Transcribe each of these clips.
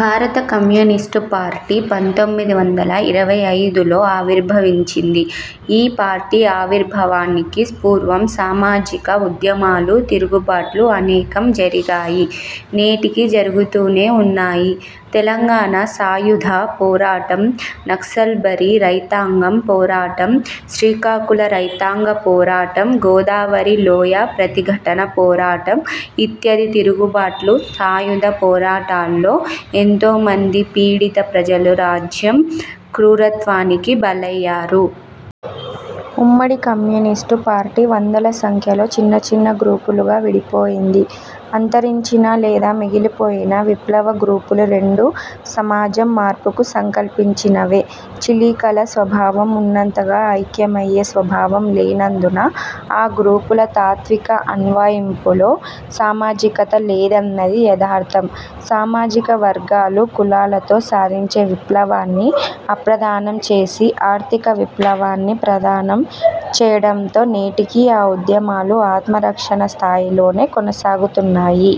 భారత communist party పంతొమ్మిది వందల ఇరవై ఐదులో ఆవిర్భవించింది. ఈ పార్టీ ఆవిర్భావానికి పూర్వం సామాజిక ఉద్యమాలు, తిరుగుబాట్లు అనేకం జరిగాయి. నేటికీ జరుగుతూనే ఉన్నాయి. తెలంగాణ సాయుధ పోరాటం, నక్సల్బరీ రైతాంగం పోరాటం, శ్రీకాకుళ రైతాంగ పోరాటం, గోదావరి లోయ ప్రతిఘటన పోరాటం ఇత్యాది తిరుగుబాట్లు, సాయుధ పోరాటాల్లో ఎంతోమంది పీడిత ప్రజలు రాజ్యం క్రూరత్వానికి బలయ్యారు. ఉమ్మడి కమ్యూనిస్టు పార్టీ వందల సంఖ్యలో చిన్నచిన్న గ్రూపులుగా విడిపోయింది. అంతరించిన లేదా మిగిలిపోయిన విప్లవ గ్రూపులు రెండూ సమాజం మార్పుకు సంకల్పించినవే. చీలికల స్వభావం ఉన్నంతగా ఐక్యమయ్యే స్వభావం లేనందున ఆ గ్రూపుల తాత్విక అన్వయింపులో సామాజికత లేదన్నది యదార్థం. సామాజిక వర్గాలు, కులాలతో సాధించే విప్లవాన్ని అప్రధానం చేసి, ఆర్థిక విప్లవాన్ని ప్రధానం చేయడంతో నేటికీ ఆ ఉద్యమాలు ఆత్మ రక్షణ స్థాయిలోనే కొనసాగుతున్నాయి.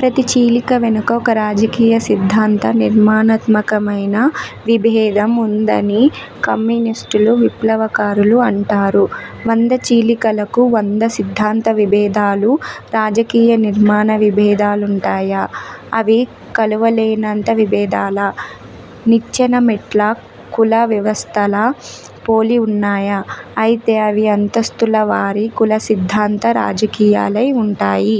ప్రతి చీలిక వెనుక ఒక రాజకీయ, సిద్ధాంత, నిర్మాణాత్మకమైన విభేదం వుందని కమ్యూనిస్టులు విప్లవకారులు అంటారు. వంద చీలికలకు వంద సిద్ధాంత విభేదాలు, రాజకీయ, నిర్మాణ విభేదాలుంటాయా? అవి కలువలేనంత విభేదాలా? నిచ్చెనమెట్ల కుల వ్యవస్థలా పోలి వున్నాయా? అయితే అవి అంతస్తుల వారి కుల సిద్ధాంత, రాజకీయాలై వుంటాయి!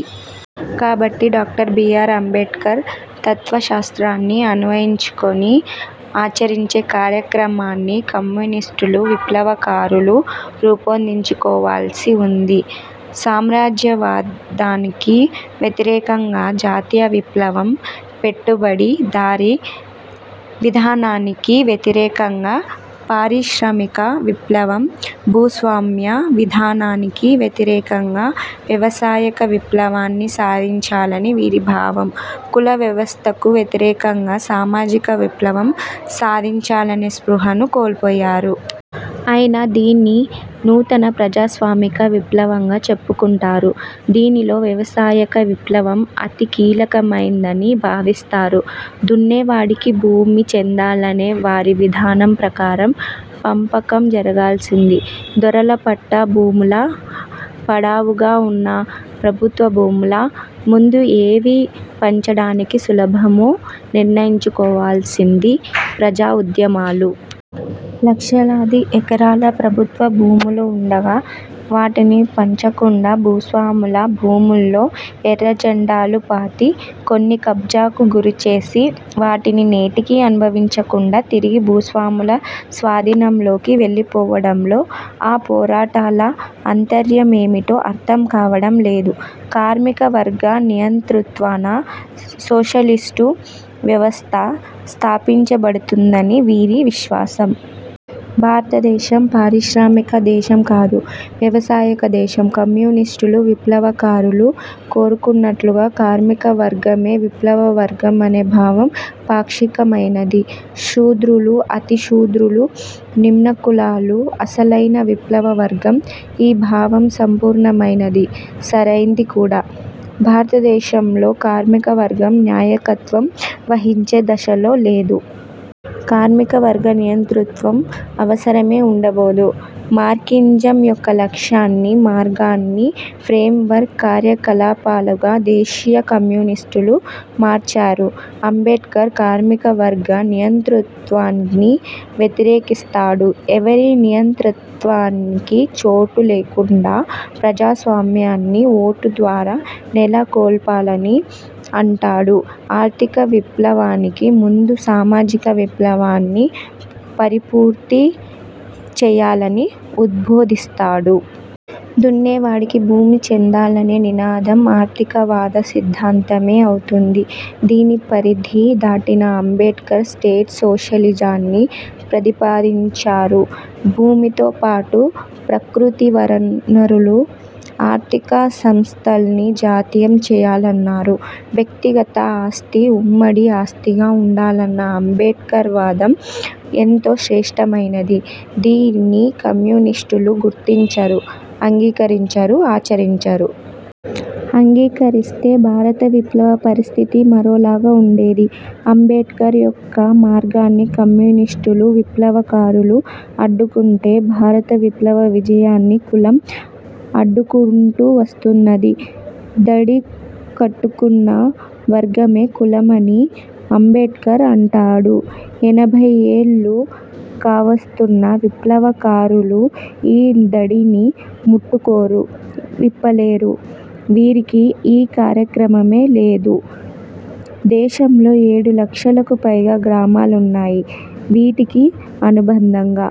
కాబట్టి డాక్టర్ బి. ఆర్. అంబేడ్కర్ తత్వశాస్త్రాన్ని అన్వయించుకుని, ఆచరించే కార్యక్రమాన్ని కమ్యూనిస్టులు, విప్లవకారులు రూపొందించుకోవాల్సి వుంది. సామ్రాజ్యవాదానికి వ్యతిరేకంగా జాతీయ విప్లవం, పెట్టుబడి దారీ విధానానికి వ్యతిరేకంగా పారిశ్రామిక విప్లవం, భూస్వామ్య విధానానికి వ్యతిరేకంగా వ్యవసాయక విప్లవాన్ని సాధించాలని వీరి భావం. కులవ్యవస్థకు వ్యతిరేకంగా సామాజిక విప్లవం సాధించాలనే స్పృహను కోల్పోయారు. అయినా, దీన్ని నూతన ప్రజాస్వామిక విప్లవంగా చెప్పుకుంటారు. దీనిలో వ్యవసాయక విప్లవం అతి కీలకమైందని భావిస్తారు. దున్నేవాడికి భూమి చెందాలనే వారి విధానం ప్రకారం పంపకం జరగాల్సింది దొరల పట్టా భూములా? పడావుగా ఉన్న ప్రభుత్వ భూములా? ముందు ఏవి పంచడానికి సులభమో నిర్ణయించుకోవాల్సింది ప్రజాఉద్యమాలు. లక్షలాది ఎకరాల ప్రభుత్వ భూములు ఉండగా, వాటిని పంచకుండా, భూస్వాముల భూముల్లో ఎర్రజెండాలు పాతి, కొన్ని కబ్జాకు గురిచేసి వాటిని నేటికీ అనుభవించకుండా తిరిగి భూస్వాముల స్వాధీనంలోకి వెళ్ళిపోవడంలో ఆ పోరాటాల అంతర్యమేమిటో అర్థం కావడం లేదు. కార్మిక వర్గ నియంతృత్వాన సోషలిస్టు వ్యవస్థ స్థాపించబడుతుందని వీరి విశ్వాసం. భారత దేశం పారిశ్రామిక దేశం కాదు. వ్యవసాయక దేశం. కమ్యూనిష్టులు, విప్లవకారులు కోరుకున్నట్లుగా కార్మిక వర్గమే విప్లవ వర్గం అనే భావం పాక్షికమైనది. శూద్రులు, అతి శూద్రులు, నిమ్నకులాలు అసలైన విప్లవ వర్గం. ఈ భావం సంపూర్ణమైనది సరైంది కూడా. భారతదేశంలో కార్మిక వర్గం నాయకత్వం వహించే దశలో లేదు. కార్మిక వర్గ నియంతృత్వం అవసరమే ఉండబోదు. మార్కిజం యొక్క లక్ష్యాన్ని మార్గాన్ని ఫ్రేమ్ వర్క్ కార్యకలాపాలుగా దేశీయ కమ్యూనిస్టులు మార్చారు. అంబేడ్కర్ కార్మిక వర్గ నియంతృత్వాన్ని వ్యతిరేకిస్తాడు. ఎవ్వరి నియంతృత్వానికి చోటు లేకుండా ప్రజాస్వామ్యాన్ని ఓటు ద్వారా నెల కొల్పాలని అంటాడు. ఆర్థిక విప్లవానికి ముందు సామాజిక విప్లవాన్ని పరిపూర్తి చేయాలని ఉద్బోధిస్తాడు. దున్నేవాడికి భూమి చెందాలనే నినాదం ఆర్థికవాద సిద్ధాంతమే అవుతుంది. దీని పరిధి దాటిన అంబేడ్కర్ స్టేట్ సోషలిజాన్ని ప్రతిపాదించారు. భూమితోపాటు ప్రకృతివరను వనరులు, ఆర్థిక సంస్థల్ని జాతీయం చేయాలన్నారు. వ్యక్తిగత ఆస్తి ఉమ్మడి ఆస్తిగా ఉండాలన్న అంబేడ్కర్వాదం ఎంతో శ్రేష్టమైనది. దీన్ని కమ్యూనిష్టులు గుర్తించరు. అంగీకరించరు, ఆచరించరు. అంగీకరిస్తే భారత విప్లవ పరిస్థితి మరోలాగా వుండేది. అంబేడ్కర్ యొక్క మార్గాన్ని కమ్యూనిష్టులు, విప్లవకారులు అడ్డుకుంటే, భారత విప్లవ విజయాన్ని కులం అడ్డుకుంటూవస్తున్నది. దడి కట్టుకున్న వర్గమే కులమని అంబేడ్కర్ అంటాడు. ఎనభై ఏళ్లు కావస్తున్నా విప్లవకారులు ఈ దడిని ముట్టుకోరు, విప్పలేరు. వీరికి ఈ కార్యక్రమమే లేదు. దేశంలో ఏడు లక్షలకు పైగా గ్రామాలున్నాయి. వీటికి అనుబంధంగా